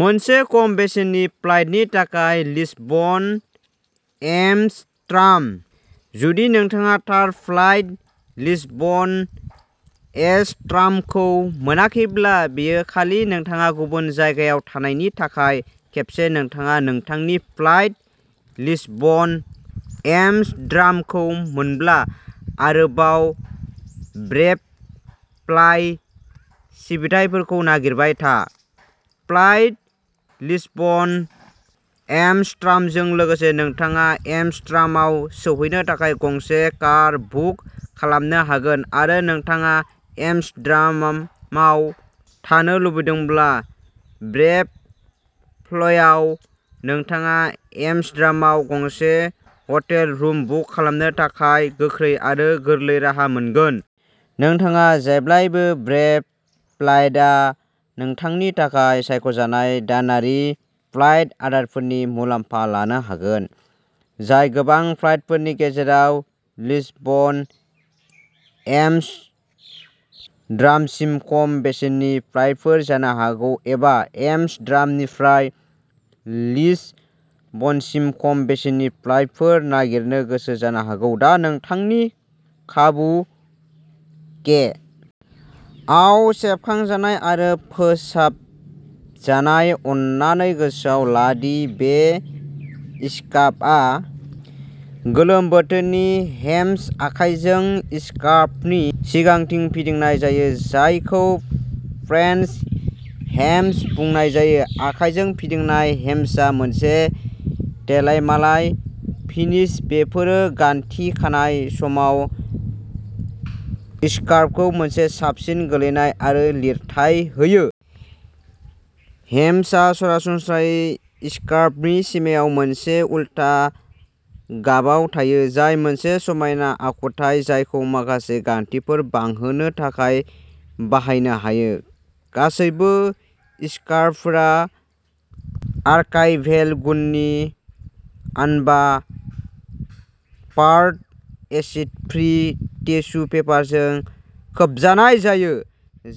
मोनसे खम बेसेननि फ्लाइटनि थाखाय लिसबन एम्स्ट्राम। जुदि नोंथाङा थार फ्लाइट लिसबन-एम्स्ट्रार्मखौ मोनाखैब्ला, बेयो खालि नोंथाङा गुबुन जायगायाव थानायनि थाखाय खेबसे नोंथाङा नोंथांनि फ्लाइट लिसबन-एम्स्टर्डामखौ मोनब्ला, आरोबाव ब्रेभ'फ्लाइ सिबिथाइफोरखौ नागिरबाय था। फ्लाइट लिसबन-एम्स्टर्डामजों लोगोसे, नोंथाङा एम्स्टर्डामआव सौहैनो थाखाय गंसे कार बुक खालामनो हागोन आरो नोंथाङा एम्स्टर्डामाव थानो लुबैदोंब्ला, ब्रेभ'फ्लायाव नोंथाङा एम्स्टर्डामआव गंसे हटेल रुम बुक खालामनो थाखाय गोख्रै आरो गोरलै राहा मोनगोन। नोंथाङा जेब्लाबो ब्रेभ'फ्लाइटा नोंथांनि थाखाय सायख'नाय दानारि फ्लाइट आदारफोरनि मुलाम्फा लानो हागोन, जाय गोबां फ्लाइटफोरनि गेजेराव लिसबन-एम्स्टर्डामसिम खम बेसेननि फ्लाइटफोर जानो हागौ एबा एम्स्टर्डामनिफ्राय लिसबनसिम खम बेसेननि फ्लाइटफोर नागिरनो गोसो जानो हागौ, दा नोंथांनि खाबु के. आव सेबखांजानाय आरो फोजोबजानाय। अननानै गोसोआव ला दि बे स्कार्फआ गोलोम बोथोरनि। हेम्स आखायजों स्कार्फनि सिगांथिं फिदिंनाय जायो जायखौ "फ्रेन्स हेम्स" बुंनाय जायो। आखाइजों फिदिंनाय हेम्सआ मोनसे देलायमालाय फिनिश बेफोरो गानथि खानाय समाव स्कार्फखौ मोनसे साबसिन गोग्लैनाय आरो लिरथाय होयो। हेम्सआ सरासनस्रायै स्कार्फनि सिमायाव मोनसे उल्था गाबाव थायो, जाय मोनसे समायना आखुथाय जायखौ माखासे गानथिफोरखौ बांहोनो थाखाय बाहायनो हायो। गासैबो स्कार्फफोरा आर्काइभेल गुननि आनबाफार्ड एसिड फ्रि टिसु पेपारजों खोबजानाय जायो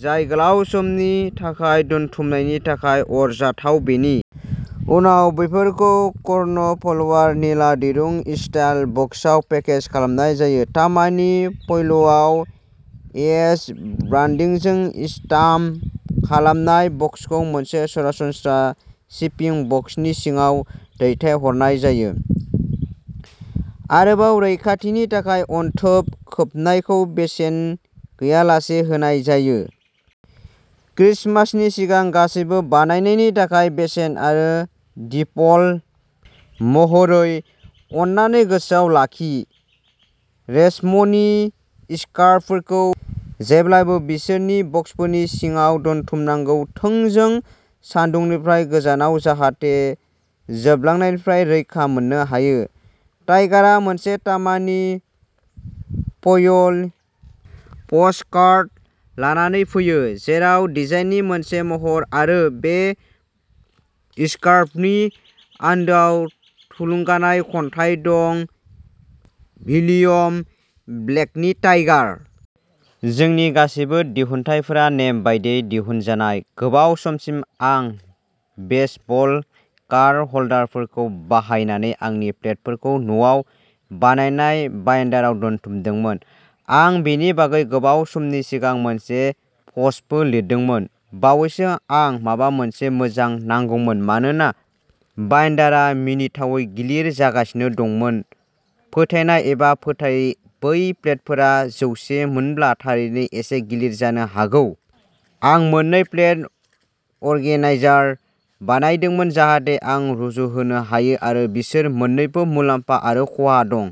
जाय गोलाव समनि थाखाय दोनथुमनायनि थाखाय आरजाथाव। बेनि उनाव बेफोरखौ कर्नफ्लावर निला दिरुं स्टाइल बक्सआव पेकेज खालामनाय जायो, तामानि फयलआव इएच ब्रान्डिंजों स्टाम्प खालामनाय। बक्सखौ मोनसे सरासनस्रा शिपिं बक्सनि सिङाव दैथायहरनाय जायो, आरोबाव रैखाथिनि थाखाय अनथोब खोबनायखौ बेसेन गैयालासे होनाय जायो। ख्रिसमासनि सिगां गासैबो बायनायनि थाखाय बेसेन आरो दिफल्ट महरै। अन्नानै गोसोआव लाखि रेसमनि स्कार्फफोरखौ जेब्लाबो बिसोरनि बक्सफोरनि सिङाव दोनथुमनांगौ थोंजों सानदुंनिफ्राय गोजानाव जाहाथे जोबलांनायनिफ्राय रैखा मोननो हायो। टाइगारआ मोनसे तामानि फयल प'स्टकार्ड लानानै फैयो जेराव डिजाइननि मोनसे महर आरो बे स्कार्फनि आन्दोआव थुलुंगानाय खन्थाइ दं भिलियम ब्लेकनि टाइगार। जोंनि गासैबो दिहुनथायफोरा नेम बायदियै दिहुनजानाय। गोबाव समसिम आं बेसबल कार्ड ह'ल्डारफोरखौ बाहायनानै आंनि प्लेटफोरखौ न'आव बानायनाय बाइन्डाराव दोनथुमदोंमोन। आं बेनि बागै गोबाव समनि सिगां मोनसे प'स्टबो लिरदोंमोन। बावैसो आं माबा मोनसे मोजां नांगौमोन मानोना बाइन्डारआ मिनिथावै गिलिर जागासिनो दंमोन फोथायनाय एबा फोथायै बै प्लेटफोरा जौसे मोनब्ला थारैनो एसे गिलिर जानो हागौ आं मोननै प्लेट अर्गेनाइजार बायदोंमोन जाहाथे आं रुजुहोनो हायो आरो बिसोर मोननैनिबो मुलाम्फा आरो खहा दं।